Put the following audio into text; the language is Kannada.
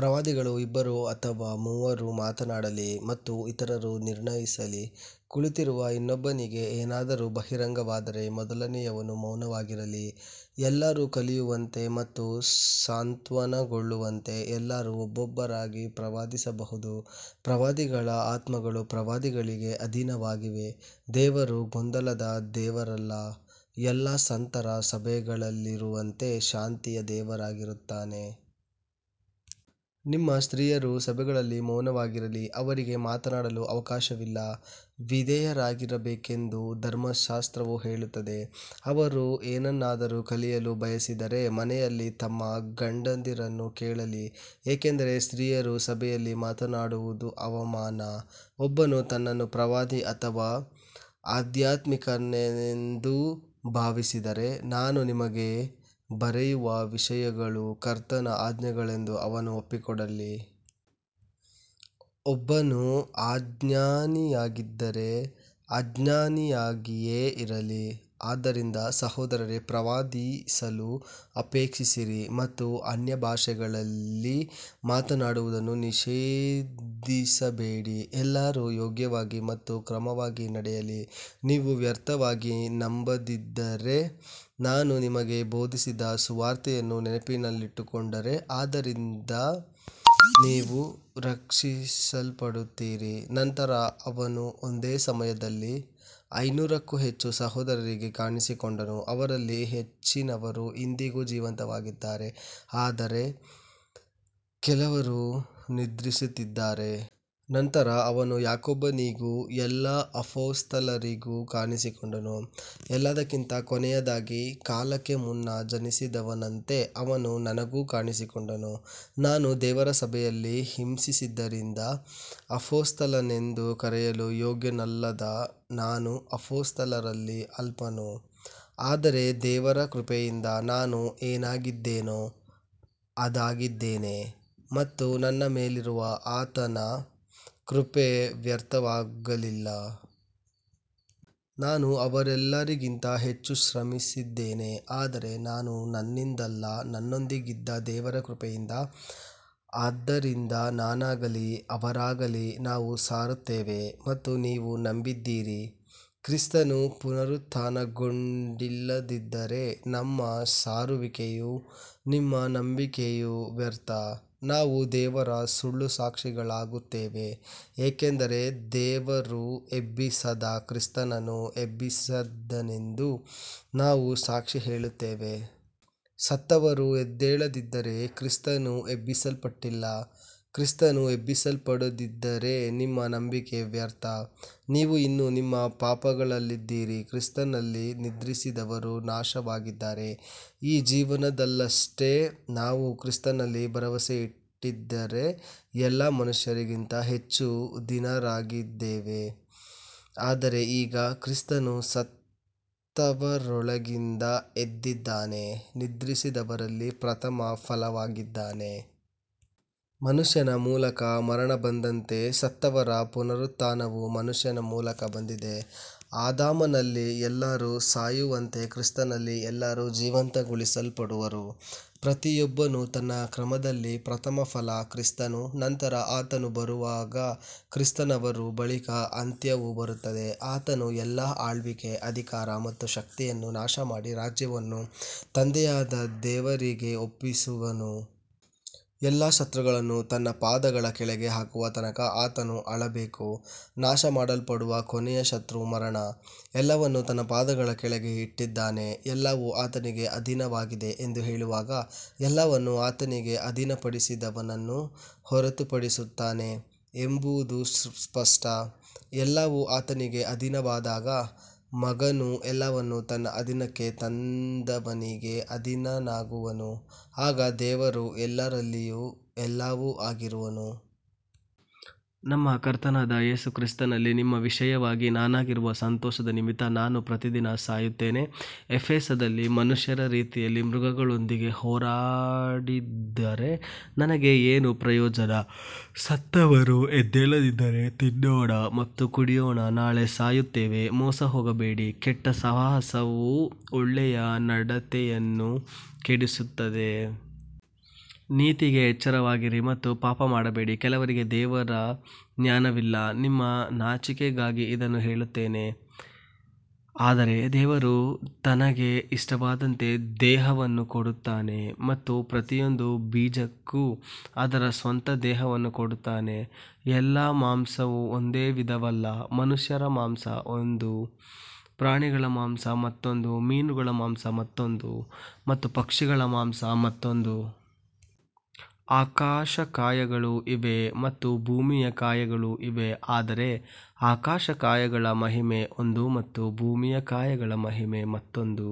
ಪ್ರವಾದಿಗಳು ಇಬ್ಬರು ಅಥವಾ ಮೂವರು ಮಾತನಾಡಲಿ ಮತ್ತು ಇತರರು ನಿರ್ಣಯಿಸಲಿ. ಕುಳಿತಿರುವ ಇನ್ನೊಬ್ಬನಿಗೆ ಏನಾದರೂ ಬಹಿರಂಗವಾದರೆ ಮೊದಲನೆಯವನು ಮೌನವಾಗಿರಲಿ. ಎಲ್ಲರೂ ಕಲಿಯುವಂತೆ ಮತ್ತು ಸಾಂತ್ವನಗೊಳ್ಳುವಂತೆ ಎಲ್ಲರೂ ಒಬ್ಬೊಬ್ಬರಾಗಿ ಪ್ರವಾದಿಸಬಹುದು. ಪ್ರವಾದಿಗಳ ಆತ್ಮಗಳು ಪ್ರವಾದಿಗಳಿಗೆ ಅಧೀನವಾಗಿವೆ. ದೇವರು ಗೊಂದಲದ ದೇವರಲ್ಲ, ಎಲ್ಲಾ ಸಂತರ ಸಭೆಗಳಲ್ಲಿರುವಂತೆ ಶಾಂತಿಯ ದೇವರಾಗಿದ್ದಾನೆ. ನಿಮ್ಮ ಸ್ತ್ರೀಯರು ಸಭೆಗಳಲ್ಲಿ ಮೌನವಾಗಿರಲಿ, ಅವರಿಗೆ ಮಾತನಾಡಲು ಅವಕಾಶವಿಲ್ಲ, ವಿಧೇಯರಾಗಿರಬೇಕೆಂದು ಧರ್ಮಶಾಸ್ತ್ರವೂ ಹೇಳುತ್ತದೆ. ಅವರು ಏನನ್ನಾದರೂ ಕಲಿಯಲು ಬಯಸಿದರೆ ಮನೆಯಲ್ಲಿ ತಮ್ಮ ಗಂಡಂದಿರನ್ನು ಕೇಳಲಿ, ಏಕೆಂದರೆ ಸ್ತ್ರೀಯರು ಸಭೆಯಲ್ಲಿ ಮಾತನಾಡುವುದು ಅವಮಾನ. ಒಬ್ಬನು ತನ್ನನ್ನು ಪ್ರವಾದಿ ಅಥವಾ ಆಧ್ಯಾತ್ಮಿಕನೆಂದು ಭಾವಿಸಿದರೆ, ನಾನು ನಿಮಗೆ ಬರೆಯುವ ವಿಷಯಗಳು ಕರ್ತನ ಆಜ್ಞೆಗಳೆಂದು ಅವನು ಒಪ್ಪಿಕೊಳ್ಳಲಿ. ಒಬ್ಬನು ಅಜ್ಞಾನಿಯಾಗಿದ್ದರೆ ಅಜ್ಞಾನಿಯಾಗಿಯೇ ಇರಲಿ. ಆದ್ದರಿಂದ ಸಹೋದರರೇ, ಪ್ರವಾದಿಸಲು ಅಪೇಕ್ಷಿಸಿರಿ ಮತ್ತು ಅನ್ಯಭಾಷೆಗಳಲ್ಲಿ ಮಾತನಾಡುವುದನ್ನು ನಿಷೇಧಿಸಬೇಡಿ. ಎಲ್ಲವೂ ಯೋಗ್ಯವಾಗಿ ಮತ್ತು ಕ್ರಮವಾಗಿ ನಡೆಯಲಿ. ನೀವು ವ್ಯರ್ಥವಾಗಿ ನಂಬದಿದ್ದರೆ, ನಾನು ನಿಮಗೆ ಬೋಧಿಸಿದ ಸುವಾರ್ತೆಯನ್ನು ನೆನಪಿನಲ್ಲಿಟ್ಟುಕೊಂಡರೆ ಅದರಿಂದ ನೀವು ರಕ್ಷಿಸಲ್ಪಡುತ್ತೀರಿ. ನಂತರ ಅವನು ಒಂದೇ ಸಮಯದಲ್ಲಿ ಐನೂರಕ್ಕೂ ಹೆಚ್ಚು ಸಹೋದರರಿಗೆ ಕಾಣಿಸಿಕೊಂಡನು, ಅವರಲ್ಲಿ ಹೆಚ್ಚಿನವರು ಇಂದಿಗೂ ಜೀವಂತವಾಗಿದ್ದಾರೆ, ಆದರೆ ಕೆಲವರು ನಿದ್ರಿಸಿದ್ದಾರೆ. ನಂತರ ಅವನು ಯಾಕೋಬನಿಗೂ ಎಲ್ಲಾ ಅಪೊಸ್ತಲರಿಗೂ ಕಾಣಿಸಿಕೊಂಡನು. ಎಲ್ಲಕ್ಕಿಂತ ಕೊನೆಯದಾಗಿ, ಕಾಲಕ್ಕೆ ಮುನ್ನ ಜನಿಸಿದವನಂತೆ ಅವನು ನನಗೂ ಕಾಣಿಸಿಕೊಂಡನು. ನಾನು ದೇವರ ಸಭೆಯನ್ನು ಹಿಂಸಿಸಿದ್ದರಿಂದ ಅಪೊಸ್ತಲನೆಂದು ಕರೆಯಲು ಯೋಗ್ಯನಲ್ಲದ ನಾನು ಅಪೊಸ್ತಲರಲ್ಲಿ ಅಲ್ಪನು. ಆದರೆ ದೇವರ ಕೃಪೆಯಿಂದ ನಾನು ಏನಾಗಿದ್ದೇನೋ ಅದಾಗಿದ್ದೇನೆ, ಮತ್ತು ನನ್ನ ಮೇಲಿರುವ ಆತನ ಕೃಪೆ ವ್ಯರ್ಥವಾಗಲಿಲ್ಲ. ನಾನು ಅವರೆಲ್ಲರಿಗಿಂತ ಹೆಚ್ಚು ಶ್ರಮಿಸಿದ್ದೇನೆ, ಆದರೆ ಅದು ನನ್ನಿಂದಲ್ಲ, ನನ್ನೊಂದಿಗಿದ್ದ ದೇವರ ಕೃಪೆಯಿಂದ. ಆದ್ದರಿಂದ ನಾನಾಗಲಿ ಅವರಾಗಲಿ ನಾವು ಸಾರುತ್ತೇವೆ ಮತ್ತು ನೀವು ನಂಬಿದ್ದೀರಿ. ಕ್ರಿಸ್ತನು ಪುನರುತ್ಥಾನಗೊಂಡಿಲ್ಲದಿದ್ದರೆ ನಮ್ಮ ಸಾರುವಿಕೆಯೂ ನಿಮ್ಮ ನಂಬಿಕೆಯೂ ವ್ಯರ್ಥ. ನಾವು ದೇವರ ಸುಳ್ಳು ಸಾಕ್ಷಿಗಳಾಗುತ್ತೇವೆ, ಏಕೆಂದರೆ ದೇವರು ಎಬ್ಬಿಸದ ಕ್ರಿಸ್ತನನ್ನು ಎಬ್ಬಿಸಿದನೆಂದು ನಾವು ಸಾಕ್ಷಿ ಹೇಳಿದ್ದೇವೆ. ಸತ್ತವರು ಎದ್ದೇಳದಿದ್ದರೆ ಕ್ರಿಸ್ತನೂ ಎಬ್ಬಿಸಲ್ಪಟ್ಟಿಲ್ಲ. ಕ್ರಿಸ್ತನು ಎಬ್ಬಿಸಲ್ಪಡದಿದ್ದರೆ ನಿಮ್ಮ ನಂಬಿಕೆ ವ್ಯರ್ಥ, ನೀವು ಇನ್ನೂ ನಿಮ್ಮ ಪಾಪಗಳಲ್ಲಿದ್ದೀರಿ. ಕ್ರಿಸ್ತನಲ್ಲಿ ನಿದ್ರಿಸಿದವರೂ ನಾಶವಾಗಿದ್ದಾರೆ. ಈ ಜೀವನದಲ್ಲಷ್ಟೇ ನಾವು ಕ್ರಿಸ್ತನಲ್ಲಿ ಭರವಸೆಯಿಟ್ಟಿದ್ದರೆ ಎಲ್ಲ ಮನುಷ್ಯರಿಗಿಂತ ಹೆಚ್ಚು ದೀನರಾಗಿದ್ದೇವೆ. ಆದರೆ ಈಗ ಕ್ರಿಸ್ತನು ಸತ್ತವರೊಳಗಿಂದ ಎದ್ದಿದ್ದಾನೆ, ನಿದ್ರಿಸಿದವರಲ್ಲಿ ಪ್ರಥಮ ಫಲವಾಗಿದ್ದಾನೆ. ಮನುಷ್ಯನ ಮೂಲಕ ಮರಣ ಬಂದಂತೆ, ಸತ್ತವರ ಪುನರುತ್ಥಾನವೂ ಮನುಷ್ಯನ ಮೂಲಕ ಬಂದಿದೆ. ಆದಾಮನಲ್ಲಿ ಎಲ್ಲರೂ ಸಾಯುವಂತೆ ಕ್ರಿಸ್ತನಲ್ಲಿ ಎಲ್ಲರೂ ಜೀವಂತಗೊಳಿಸಲ್ಪಡುವರು. ಪ್ರತಿಯೊಬ್ಬನೂ ತನ್ನ ಕ್ರಮದಲ್ಲಿ, ಪ್ರಥಮ ಫಲ ಕ್ರಿಸ್ತನು, ನಂತರ ಆತನು ಬರುವಾಗ ಕ್ರಿಸ್ತನವರು. ಬಳಿಕ ಅಂತ್ಯವು ಬರುತ್ತದೆ, ಆತನು ಎಲ್ಲಾ ಆಳ್ವಿಕೆ, ಅಧಿಕಾರ ಮತ್ತು ಶಕ್ತಿಯನ್ನು ನಾಶಮಾಡಿ ರಾಜ್ಯವನ್ನು ತಂದೆಯಾದ ದೇವರಿಗೆ ಒಪ್ಪಿಸುವನು. ಎಲ್ಲಾ ಶತ್ರುಗಳನ್ನು ತನ್ನ ಪಾದಗಳ ಕೆಳಗೆ ಹಾಕುವ ತನಕ ಆತನು ಆಳಬೇಕು. ನಾಶಮಾಡಲ್ಪಡುವ ಕೊನೆಯ ಶತ್ರು ಮರಣ. ಎಲ್ಲವನ್ನೂ ತನ್ನ ಪಾದಗಳ ಕೆಳಗೆ ಇಟ್ಟಿದ್ದಾನೆ. ಎಲ್ಲವೂ ಆತನಿಗೆ ಅಧೀನವಾಗಿದೆ ಎಂದು ಹೇಳುವಾಗ, ಎಲ್ಲವನ್ನೂ ಆತನಿಗೆ ಅಧೀನಪಡಿಸಿದವನನ್ನು ಹೊರತುಪಡಿಸುತ್ತಾನೆ ಎಂಬುದು ಸ್ಪಷ್ಟ. ಎಲ್ಲವೂ ಆತನಿಗೆ ಅಧೀನವಾದಾಗ, ಮಗನೂ ಎಲ್ಲವನ್ನೂ ತನ್ನ ಅಧೀನಕ್ಕೆ ತಂದವನಿಗೆ ಅಧೀನನಾಗುವನು, ಆಗ ದೇವರು ಎಲ್ಲರಲ್ಲಿಯೂ ಎಲ್ಲವೂ ಆಗಿರುವನು. ನಮ್ಮ ಕರ್ತನಾದ ಕ್ರಿಸ್ತ ಯೇಸುವಿನಲ್ಲಿ ನಿಮ್ಮ ವಿಷಯವಾಗಿ ನನಗಿರುವ ಸಂತೋಷದ ನಿಮಿತ್ತ ನಾನು ಪ್ರತಿದಿನ ಸಾಯುತ್ತೇನೆ. ಎಫೆಸದಲ್ಲಿ ಮನುಷ್ಯರ ರೀತಿಯಲ್ಲಿ ಮೃಗಗಳೊಂದಿಗೆ ಹೋರಾಡಿದ್ದರೆ ನನಗೆ ಏನು ಪ್ರಯೋಜನ, ಸತ್ತವರು ಎದ್ದೇಳದಿದ್ದರೆ, ತಿನ್ನೋಣ ಮತ್ತು ಕುಡಿಯೋಣ, ನಾಳೆ ಸಾಯುತ್ತೇವೆ. ಮೋಸಹೋಗಬೇಡಿ, ಕೆಟ್ಟ ಸಹವಾಸವು ಒಳ್ಳೆಯ ನಡತೆಯನ್ನು ಕೆಡಿಸುತ್ತದೆ. ನೀತಿಗೆ ಎಚ್ಚರವಾಗಿರಿ ಮತ್ತು ಪಾಪ ಮಾಡಬೇಡಿ, ಕೆಲವರಿಗೆ ದೇವರ ಜ್ಞಾನವಿಲ್ಲ. ನಿಮ್ಮ ನಾಚಿಕೆಗಾಗಿ ಇದನ್ನು ಹೇಳುತ್ತೇನೆ. ಆದರೆ ದೇವರು ತನಗೆ ಇಷ್ಟವಾದಂತೆ ದೇಹವನ್ನು ಕೊಡುತ್ತಾನೆ ಮತ್ತು ಪ್ರತಿಯೊಂದು ಬೀಜಕ್ಕೂ ಅದರ ಸ್ವಂತ ದೇಹವನ್ನು ಕೊಡುತ್ತಾನೆ. ಎಲ್ಲ ಮಾಂಸವೂ ಒಂದೇ ವಿಧವಲ್ಲ, ಮನುಷ್ಯರ ಮಾಂಸ ಒಂದು, ಪ್ರಾಣಿಗಳ ಮಾಂಸ ಮತ್ತೊಂದು, ಮೀನುಗಳ ಮಾಂಸ ಮತ್ತೊಂದು ಮತ್ತು ಪಕ್ಷಿಗಳ ಮಾಂಸ ಮತ್ತೊಂದು. ಆಕಾಶಕಾಯಗಳೂ ಇವೆ ಮತ್ತು ಭೂಮಿಯ ಕಾಯಗಳೂ ಇವೆ, ಆದರೆ ಆಕಾಶಕಾಯಗಳ ಮಹಿಮೆ ಒಂದು ಮತ್ತು ಭೂಮಿಯ ಕಾಯಗಳ ಮಹಿಮೆ ಮತ್ತೊಂದು.